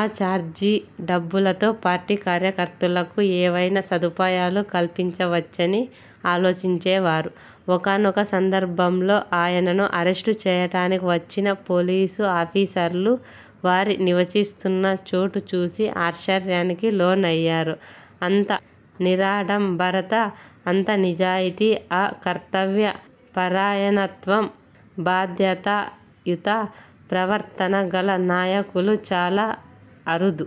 ఆ ఛార్జీ డబ్బులతో పార్టీ కార్యకర్తలకు ఏవైనా సదుపాయాలు కల్పించవచ్చని ఆలోచించేవారు. ఒకానొక సందర్భంలో ఆయనను అరెస్టు చేయడానికి వచ్చిన పోలీసు ఆఫీసర్లు వారు నివసిస్తున్న చోటుచూసి ఆశ్చర్యానికి లోనయ్యారు. అంత నిరాడంబరత, అంత నిజాయితీ, ఆ కర్తవ్య పరాయణత్వం, బాధ్యతాయుత ప్రవర్తన గల నాయకులు చాలా అరుదు.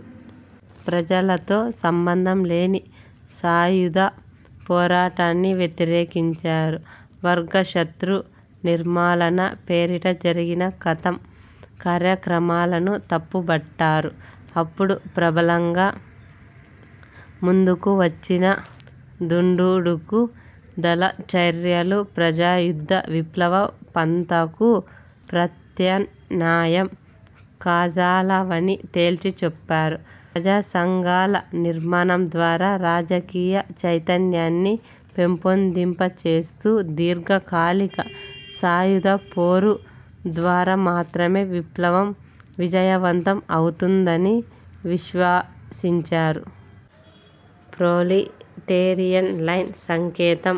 ప్రజలతో సంబంధంలేని సాయుధ పోరాటాన్ని వ్యతిరేకించారు. వర్గశతృ నిర్మూలన పేరిట జరిగిన 'ఖతం' కార్యక్రమాలను తప్పుబట్టారు. అప్పుడు ప్రబలంగా ముందుకు వచ్చిన దుందుడుకు దళ చర్యలు ప్రజాయుద్ధ విప్లవ పంథాకు ప్రత్యామ్నాయం కాజాలవని తేల్చి చెప్పారు. ప్రజాసంఘాల నిర్మాణం ద్వారా రాజకీయ చైతన్యాన్ని పెంపొందింప చేస్తూ, దీర్ఘకాలిక సాయుధ పోరు ద్వారా మాత్రమే విప్లవం విజయవంతం అవుతుందని విశ్వసించారు. ప్రొలిటేరియన్ లైన్, సంకేతం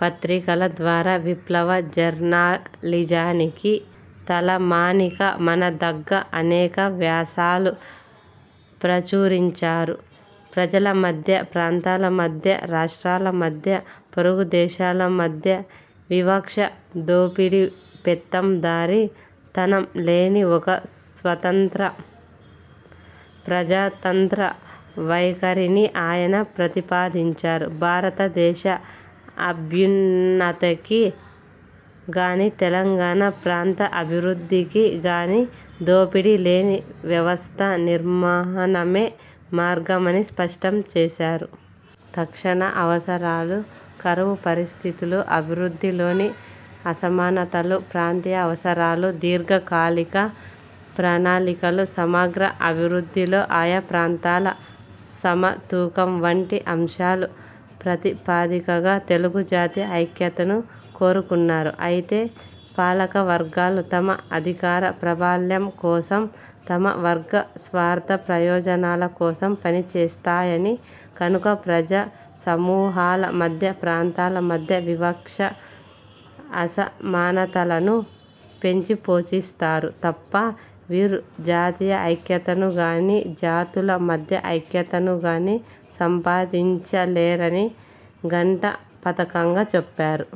పత్రికల ద్వారా విప్లవ జర్నలిజానికి తలమానికమనదగ్గ అనేక వ్యాసాలు ప్రచురించారు. ప్రజలమధ్య, ప్రాంతాలమధ్య, రాష్ట్రాల మధ్య, పొరుగుదేశాల మధ్య వివక్ష, దోపిడీ, పెత్తందారీ తనం లేని ఒక స్వతంత్ర ప్రజాతంత్ర వైఖరిని ఆయన ప్రతిపాదించారు. భారత దేశ అభ్యున్నతికి గానీ తెలంగాణ ప్రాంత అభివృద్ధికి గానీ దోపిడీ లేని వ్యవస్థ నిర్మాణమే మార్గమని స్పష్టం చేసారు. తక్షణ అవసరాలు, కరువు పరిస్థితులు, అభివృద్ధిలోని అసమానతలు, ప్రాంతీయ అవసరాలు, దీర్ఘకాలిక ప్రణాళికలు, సమగ్ర అభివృద్ధిలో ఆయా ప్రాంతాల సమతూకం వంటి అంశాలు ప్రాతిపదికగా తెలుగుజాతి ఐక్యతను కోరుకున్నారు. అయితే పాలకవర్గాలు తమ అధికార ప్రాబల్యం కోసం, తమ వర్గ స్వార్ధ ప్రయోజనాల కోసం పనిచేస్తాయని, కనుక ప్రజా సమూహాల మధ్య, ప్రాంతాల మధ్య వివక్ష, అసమానతలను పెంచిపోషిస్తారు తప్ప వీరు జాతీయ ఐక్యతను గానీ, జాతుల మధ్య ఐక్యతను గానీ సాధించలేరని ఘంటాపథంగా చెప్పారు.